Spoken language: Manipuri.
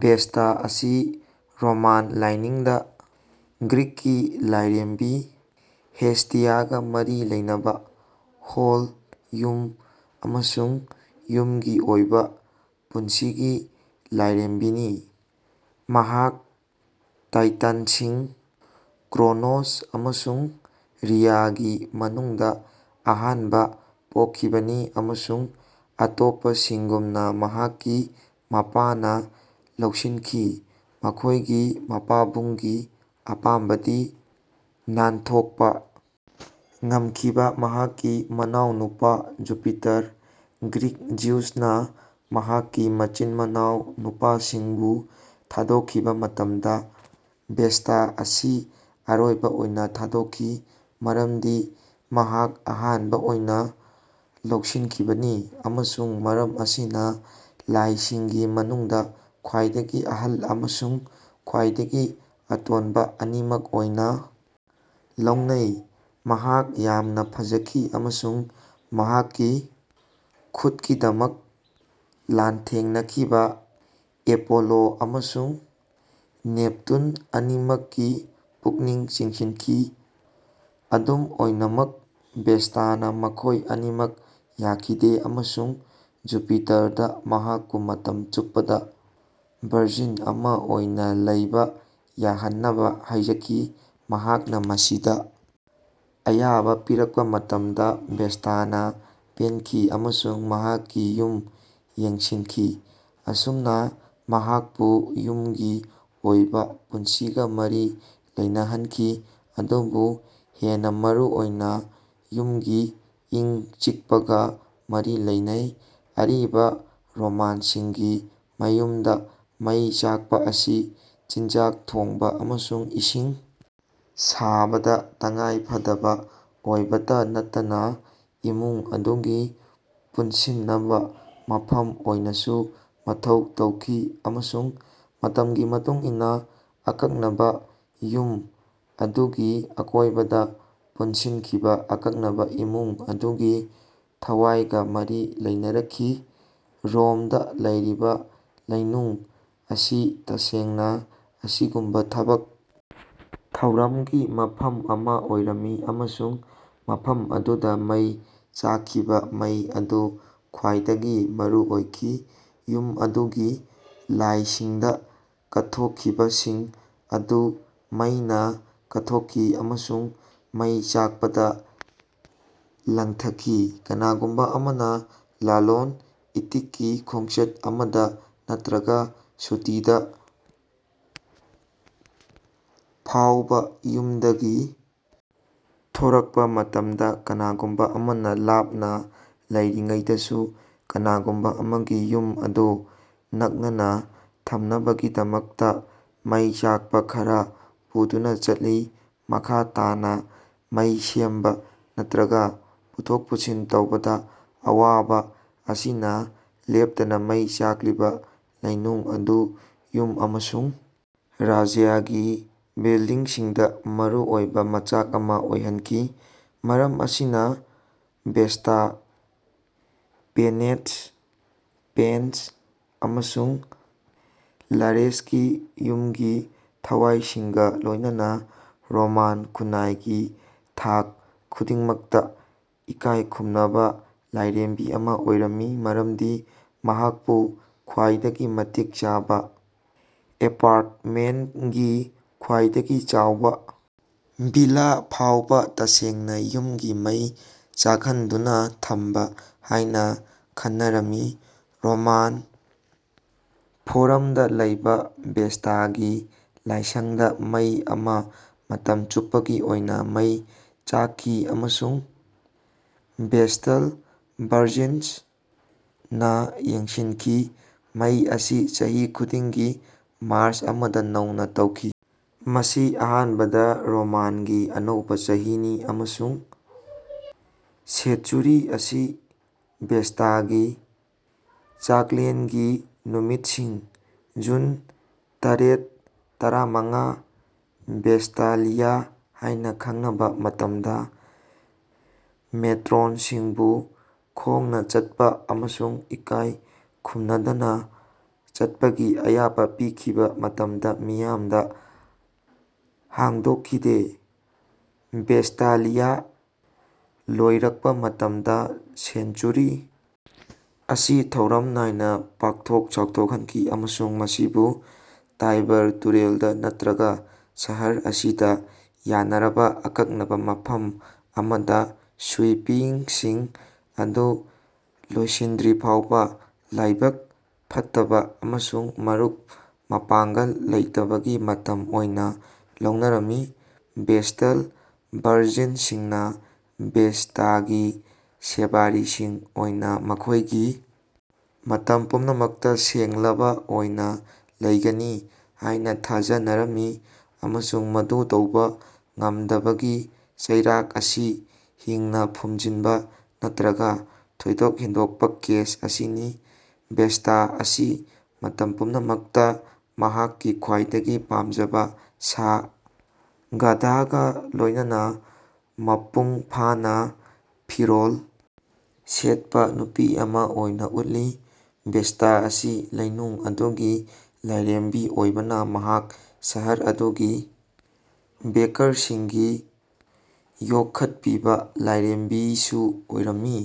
ꯚꯦꯁꯇꯥ ꯑꯁꯤ ꯔꯣꯃꯥꯟ ꯂꯥꯏꯅꯤꯡꯗ (ꯒ꯭ꯔꯤꯛꯀꯤ ꯂꯥꯏꯔꯦꯝꯕꯤ ꯍꯦꯁꯇꯤꯌꯥꯒ ꯃꯔꯤ ꯂꯩꯅꯕ) ꯍꯣꯜ, ꯌꯨꯝ ꯑꯃꯁꯨꯡ ꯌꯨꯝꯒꯤ ꯑꯣꯏꯕ ꯄꯨꯟꯁꯤꯒꯤ ꯂꯥꯏꯔꯦꯝꯕꯤꯅꯤ꯫ ꯃꯍꯥꯛ ꯇꯥꯏꯇꯟꯁꯤꯡ ꯀ꯭ꯔꯣꯅꯣꯁ ꯑꯃꯁꯨꯡ ꯔꯤꯌꯥꯒꯤ ꯃꯅꯨꯡꯗ ꯑꯍꯥꯟꯕ ꯄꯣꯛꯈꯤꯕꯅꯤ ꯑꯃꯁꯨꯡ ꯑꯇꯣꯞꯄꯁꯤꯡꯒꯨꯝꯅ ꯃꯍꯥꯛꯀꯤ ꯃꯄꯥꯅ ꯂꯧꯁꯤꯟꯈꯤ꯫ ꯃꯈꯣꯏꯒꯤ ꯃꯄꯥꯕꯨꯡꯒꯤ ꯑꯄꯥꯝꯕꯗꯒꯤ ꯅꯥꯟꯊꯣꯛꯄ ꯉꯝꯈꯤꯕ ꯃꯍꯥꯛꯀꯤ ꯃꯅꯥꯎꯅꯨꯄꯥ ꯖꯨꯄꯤꯇꯔ (ꯒ꯭ꯔꯤꯛ ꯖꯤꯎꯁ)ꯅ ꯃꯍꯥꯛꯀꯤ ꯃꯆꯤꯟ-ꯃꯅꯥꯎ ꯅꯨꯄꯥꯁꯤꯡꯕꯨ ꯊꯥꯗꯣꯛꯈꯤꯕ ꯃꯇꯝꯗ, ꯚꯦꯁꯇꯥ ꯑꯁꯤ ꯑꯔꯣꯏꯕ ꯑꯣꯏꯅ ꯊꯥꯗꯣꯛꯈꯤ (ꯃꯔꯝꯗꯤ ꯃꯍꯥꯛ ꯑꯍꯥꯟꯕ ꯑꯣꯏꯅ ꯂꯧꯁꯤꯟꯈꯤꯕꯅꯤ) ꯑꯃꯁꯨꯡ ꯃꯔꯝ ꯑꯁꯤꯅ ꯂꯥꯏꯁꯤꯡꯒꯤ ꯃꯅꯨꯡꯗ ꯈ꯭ꯋꯥꯏꯗꯒꯤ ꯑꯍꯜ ꯑꯃꯁꯨꯡ ꯈ꯭ꯋꯥꯏꯗꯒꯤ ꯑꯇꯣꯟꯕ ꯑꯅꯤꯃꯛ ꯑꯣꯏꯅ ꯂꯧꯅꯩ꯫ ꯃꯍꯥꯛ ꯌꯥꯝꯅ ꯐꯖꯈꯤ ꯑꯃꯁꯨꯡ ꯃꯍꯥꯛꯀꯤ ꯈꯨꯠꯀꯤꯗꯃꯛ ꯂꯥꯟꯊꯦꯡꯅꯈꯤꯕ ꯑꯦꯄꯣꯂꯣ ꯑꯃꯁꯨꯡ ꯅꯦꯞꯇꯨꯟ ꯑꯅꯤꯃꯛꯀꯤ ꯄꯨꯛꯅꯤꯡ ꯆꯤꯡꯁꯤꯟꯈꯤ꯫ ꯑꯗꯨꯝ ꯑꯣꯏꯅꯃꯛ, ꯚꯦꯁꯇꯥꯅ ꯃꯈꯣꯏ ꯑꯅꯤꯃꯛ ꯌꯥꯈꯤꯗꯦ, ꯑꯃꯁꯨꯡ ꯖꯨꯄꯤꯇꯔꯗ ꯃꯍꯥꯛꯄꯨ ꯃꯇꯝ ꯆꯨꯞꯄꯗ ꯚꯔꯖꯤꯟ ꯑꯃ ꯑꯣꯏꯅ ꯂꯩꯕ ꯌꯥꯍꯟꯅꯕ ꯍꯥꯏꯖꯈꯤ꯫ ꯃꯍꯥꯛꯅ ꯃꯁꯤꯗ ꯑꯌꯥꯕ ꯄꯤꯔꯛꯄ ꯃꯇꯝꯗ, ꯚꯦꯁꯇꯥꯅ ꯄꯦꯟꯈꯤ ꯑꯃꯁꯨꯡ ꯃꯍꯥꯛꯀꯤ ꯌꯨꯝ ꯌꯦꯡꯁꯤꯟꯈꯤ꯫ ꯑꯁꯨꯝꯅ ꯃꯍꯥꯛꯄꯨ ꯌꯨꯝꯒꯤ ꯑꯣꯏꯕ ꯄꯨꯟꯁꯤꯒ ꯃꯔꯤ ꯂꯩꯅꯍꯟꯈꯤ ꯑꯗꯨꯕꯨ ꯍꯦꯟꯅ ꯃꯔꯨꯑꯣꯏꯅ, ꯌꯨꯝꯒꯤ ꯏꯪ-ꯆꯤꯛꯄꯒ ꯃꯔꯤ ꯂꯩꯅꯩ꯫ ꯑꯔꯤꯕ ꯔꯣꯃꯥꯟꯁꯤꯡꯒꯤ ꯃꯌꯨꯝꯗ ꯃꯩ ꯆꯥꯛꯄ ꯑꯁꯤ ꯆꯤꯟꯖꯥꯛ ꯊꯣꯡꯕ ꯑꯃꯁꯨꯡ ꯏꯁꯤꯡ ꯁꯥꯕꯗ ꯇꯉꯥꯏꯐꯗꯕ ꯑꯣꯏꯕꯇ ꯅꯠꯇꯅ ꯏꯃꯨꯡ ꯑꯗꯨꯒꯤ ꯄꯨꯟꯁꯤꯟꯅꯕ ꯃꯐꯝ ꯑꯣꯏꯅꯁꯨ ꯃꯊꯧ ꯇꯧꯈꯤ ꯑꯃꯁꯨꯡ ꯃꯇꯝꯒꯤ ꯃꯇꯨꯡ ꯏꯟꯅ ꯑꯀꯛꯅꯕ ꯌꯨꯝ ꯑꯗꯨꯒꯤ ꯑꯀꯣꯏꯕꯗ ꯄꯨꯟꯁꯤꯟꯈꯤꯕ ꯑꯀꯛꯅꯕ ꯏꯃꯨꯡ ꯑꯗꯨꯒꯤ ꯊꯋꯥꯏꯒ ꯃꯔꯤ ꯂꯩꯅꯔꯛꯈꯤ꯫ ꯔꯣꯝꯗ ꯂꯩꯔꯤꯕ ꯂꯩꯅꯨꯡ ꯑꯁꯤ ꯇꯁꯦꯡꯅ ꯑꯁꯤꯒꯨꯝꯕ ꯊꯕꯛ ꯊꯧꯔꯝꯒꯤ ꯃꯐꯝ ꯑꯃ ꯑꯣꯏꯔꯝꯃꯤ ꯑꯃꯁꯨꯡ ꯃꯐꯝ ꯑꯗꯨꯗ ꯃꯩ ꯆꯥꯛꯈꯤꯕ ꯃꯩ ꯑꯗꯨ ꯈ꯭ꯋꯥꯏꯗꯒꯤ ꯃꯔꯨꯑꯣꯏꯈꯤ꯫ ꯌꯨꯝ ꯑꯗꯨꯒꯤ ꯂꯥꯏꯁꯤꯡꯗ ꯀꯠꯊꯣꯛꯈꯤꯕꯁꯤꯡ ꯑꯗꯨ ꯃꯩꯅ ꯀꯠꯊꯣꯛꯈꯤ ꯑꯃꯁꯨꯡ ꯃꯩ ꯆꯥꯛꯄꯗ ꯂꯪꯊꯈꯤ꯫ ꯀꯅꯥꯒꯨꯝꯕ ꯑꯃꯅ ꯂꯂꯣꯟ-ꯏꯇꯤꯛꯀꯤ ꯈꯣꯡꯆꯠ ꯑꯃꯗ, ꯅꯠꯇ꯭ꯔꯒ ꯁꯨꯇꯤꯗ ꯐꯥꯎꯕ ꯌꯨꯝꯗꯒꯤ ꯊꯣꯔꯛꯄ ꯃꯇꯝꯗ, ꯀꯅꯥꯒꯨꯝꯕ ꯑꯃꯅ ꯂꯥꯞꯅ ꯂꯩꯔꯤꯉꯩꯗꯁꯨ ꯀꯅꯥꯒꯨꯝꯕ ꯑꯃꯒꯤ ꯌꯨꯝ ꯑꯗꯨ ꯅꯛꯅꯅ ꯊꯝꯅꯕꯒꯤꯗꯃꯛꯇ ꯃꯩ ꯆꯥꯛꯄ ꯈꯔ ꯄꯨꯗꯨꯅ ꯆꯠꯂꯤ꯫ ꯃꯈꯥ ꯇꯥꯅ, ꯃꯩ ꯁꯦꯝꯕ ꯅꯠꯇ꯭ꯔꯒ ꯄꯨꯊꯣꯛ-ꯄꯨꯁꯤꯟ ꯇꯧꯕꯗ ꯑꯋꯥꯕ ꯑꯁꯤꯅ ꯂꯦꯞꯇꯅ ꯃꯩ ꯆꯥꯛꯂꯤꯕ ꯂꯩꯅꯨꯡ ꯑꯗꯨ ꯌꯨꯝ ꯑꯃꯁꯨꯡ ꯔꯥꯖ꯭ꯌꯒꯤ ꯕꯤꯜꯗꯤꯡꯁꯤꯡꯗ ꯃꯔꯨꯑꯣꯏꯕ ꯃꯆꯥꯛ ꯑꯃ ꯑꯣꯏꯍꯟꯈꯤ꯫ ꯃꯔꯝ ꯑꯁꯤꯅ ꯚꯦꯁꯇꯥ, ꯄꯦꯅꯦꯠꯁ, ꯄꯦꯟꯁ ꯑꯃꯁꯨꯡ ꯂꯥꯔꯦꯁꯀꯤ ꯌꯨꯝꯒꯤ ꯊꯋꯥꯏꯁꯤꯡꯒ ꯂꯣꯏꯅꯅ ꯔꯣꯃꯥꯟ ꯈꯨꯟꯅꯥꯏꯒꯤ ꯊꯥꯛ ꯈꯨꯗꯤꯡꯃꯛꯇ ꯏꯀꯥꯏ ꯈꯨꯝꯅꯕ ꯂꯥꯏꯔꯦꯝꯕꯤ ꯑꯃ ꯑꯣꯏꯔꯝꯃꯤ ꯃꯔꯝꯗꯤ ꯃꯍꯥꯛꯄꯨ ꯈ꯭ꯋꯥꯏꯗꯒꯤ ꯃꯇꯤꯛ ꯆꯥꯕ ꯑꯦꯄꯥ꯭ꯔꯠꯃꯦꯟꯒꯤ ꯈ꯭ꯋꯥꯏꯗꯒꯤ ꯆꯥꯎꯕ ꯚꯤꯂꯥ ꯐꯥꯎꯕ ꯇꯁꯦꯡꯅ "ꯌꯨꯝꯒꯤ ꯃꯩ ꯆꯥꯛꯍꯟꯗꯨꯅ ꯊꯝꯕ"ꯍꯥꯏꯅ ꯈꯟꯅꯔꯝꯃꯤ꯫ ꯔꯣꯃꯥꯟ ꯐꯣꯔꯝꯗ ꯂꯩꯕ ꯚꯦꯁꯇꯥꯒꯤ ꯂꯥꯏꯁꯪꯗ ꯃꯩ ꯑꯃ ꯃꯇꯝ ꯆꯨꯞꯄꯒꯤ ꯑꯣꯏꯅ ꯃꯩ ꯆꯥꯛꯈꯤ ꯑꯃꯁꯨꯡ ꯚꯦꯁꯇꯜ ꯚꯔꯖꯤꯟꯁ ꯅ ꯌꯦꯡꯁꯤꯟꯈꯤ꯫ ꯃꯩ ꯑꯁꯤ ꯆꯍꯤ ꯈꯨꯗꯤꯡꯒꯤ ꯃꯥꯔꯁ ꯑꯃꯗ ꯅꯧꯅ ꯇꯧꯈꯤ (ꯃꯁꯤ ꯑꯍꯥꯟꯕꯗ ꯔꯣꯃꯥꯟꯒꯤ ꯑꯅꯧꯕ ꯆꯍꯤꯅꯤ) ꯑꯃꯁꯨꯡ ꯁꯦꯠꯆꯨꯔꯤ ꯑꯁꯤ ꯚꯦꯁꯇꯥꯒꯤ ꯆꯥꯛꯂꯦꯟꯒꯤ ꯅꯨꯃꯤꯠꯁꯤꯡ (ꯖꯨꯟ ꯇꯔꯦꯠ-ꯇꯔꯥꯃꯉꯥ, ꯚꯦꯁꯇꯥꯂꯤꯌꯥ ꯍꯥꯏꯅ ꯈꯪꯅꯕ) ꯃꯇꯝꯗ ꯃꯦꯇ꯭ꯔꯣꯟꯁꯤꯡꯕꯨ ꯈꯣꯡꯅ ꯆꯠꯄ ꯑꯃꯁꯨꯡ ꯏꯀꯥꯏ ꯈꯨꯝꯅꯗꯅ ꯆꯠꯄꯒꯤ ꯑꯌꯥꯕ ꯄꯤꯈꯤꯕ ꯃꯇꯝꯗ ꯃꯤꯌꯥꯝꯗ ꯍꯥꯡꯗꯣꯛꯈꯤꯗꯦ꯫ ꯚꯦꯁꯇꯥꯂꯤꯌꯥ ꯂꯣꯏꯔꯛꯄ ꯃꯇꯝꯗ ꯁꯦꯟꯆꯨꯔꯤ ꯑꯁꯤ ꯊꯧꯔꯝ ꯅꯥꯏꯅ ꯄꯥꯛꯊꯣꯛ ꯆꯥꯎꯊꯣꯛꯍꯟꯈꯤ ꯑꯃꯁꯨꯡ ꯃꯁꯤꯕꯨ ꯇꯥꯏꯕꯔ ꯇꯨꯔꯦꯜꯗ ꯅꯠꯇ꯭ꯔꯒ ꯁꯍꯔ ꯑꯁꯤꯗ ꯌꯥꯅꯔꯕ ꯑꯀꯛꯅꯕ ꯃꯐꯝ ꯑꯃꯗ ꯁ꯭ꯋꯤꯄꯤꯡꯁꯤꯡ ꯑꯗꯨ ꯂꯣꯏꯁꯤꯟꯗ꯭ꯔꯤꯐꯥꯎꯕ ꯂꯥꯏꯕꯛ ꯐꯠꯇꯕ ꯑꯃꯁꯨꯡ ꯃꯔꯨꯞ-ꯃꯄꯥꯡꯒꯜ ꯂꯩꯇꯕꯒꯤ ꯃꯇꯝ ꯑꯣꯏꯅ ꯂꯧꯅꯔꯝꯃꯤ꯫ ꯚꯦꯁꯇꯜ ꯚꯔꯖꯤꯟꯁꯤꯡꯅ ꯚꯦꯁꯇꯥꯒꯤ ꯁꯦꯕꯥꯔꯤꯁꯤꯡ ꯑꯣꯏꯅ ꯃꯈꯣꯏꯒꯤ ꯃꯇꯝ ꯄꯨꯝꯅꯃꯛꯇ ꯁꯦꯡꯂꯕ ꯑꯣꯏꯅ ꯂꯩꯒꯅꯤ ꯍꯥꯏꯅ ꯊꯥꯖꯅꯔꯝꯃꯤ ꯑꯃꯁꯨꯡ ꯃꯗꯨ ꯇꯧꯕ ꯉꯝꯗꯕꯒꯤ ꯆꯩꯔꯥꯛ ꯑꯁꯤ ꯍꯤꯡꯅ ꯐꯨꯝꯖꯤꯟꯕ ꯅꯠꯇ꯭ꯔꯒ ꯊꯣꯏꯗꯣꯛ ꯍꯦꯟꯗꯣꯛꯄ ꯀꯦꯁ ꯑꯁꯤꯅꯤ꯫ ꯚꯦꯁꯇꯥ ꯑꯁꯤ ꯃꯇꯝ ꯄꯨꯝꯅꯃꯛꯇ ꯃꯍꯥꯛꯀꯤ ꯈ꯭ꯋꯥꯏꯗꯒꯤ ꯄꯥꯝꯖꯕ ꯁꯥ, ꯒꯙꯥꯒ ꯂꯣꯏꯅꯅ ꯃꯄꯨꯡ ꯐꯥꯅ ꯐꯤꯔꯣꯜ ꯁꯦꯠꯄ ꯅꯨꯄꯤ ꯑꯃ ꯑꯣꯏꯅ ꯎꯠꯂꯤ꯫ ꯚꯦꯁꯇꯥ ꯑꯁꯤ ꯂꯩꯅꯨꯡ ꯑꯗꯨꯒꯤ ꯂꯥꯏꯔꯦꯝꯕꯤ ꯑꯣꯏꯕꯅ ꯃꯍꯥꯛ ꯁꯍꯔ ꯑꯗꯨꯒꯤ ꯕꯦꯀꯔꯁꯤꯡꯒꯤ ꯌꯣꯛꯈꯠꯄꯤꯕ ꯂꯥꯏꯔꯦꯝꯕꯤꯁꯨ ꯑꯣꯏꯔꯝꯃꯤ꯫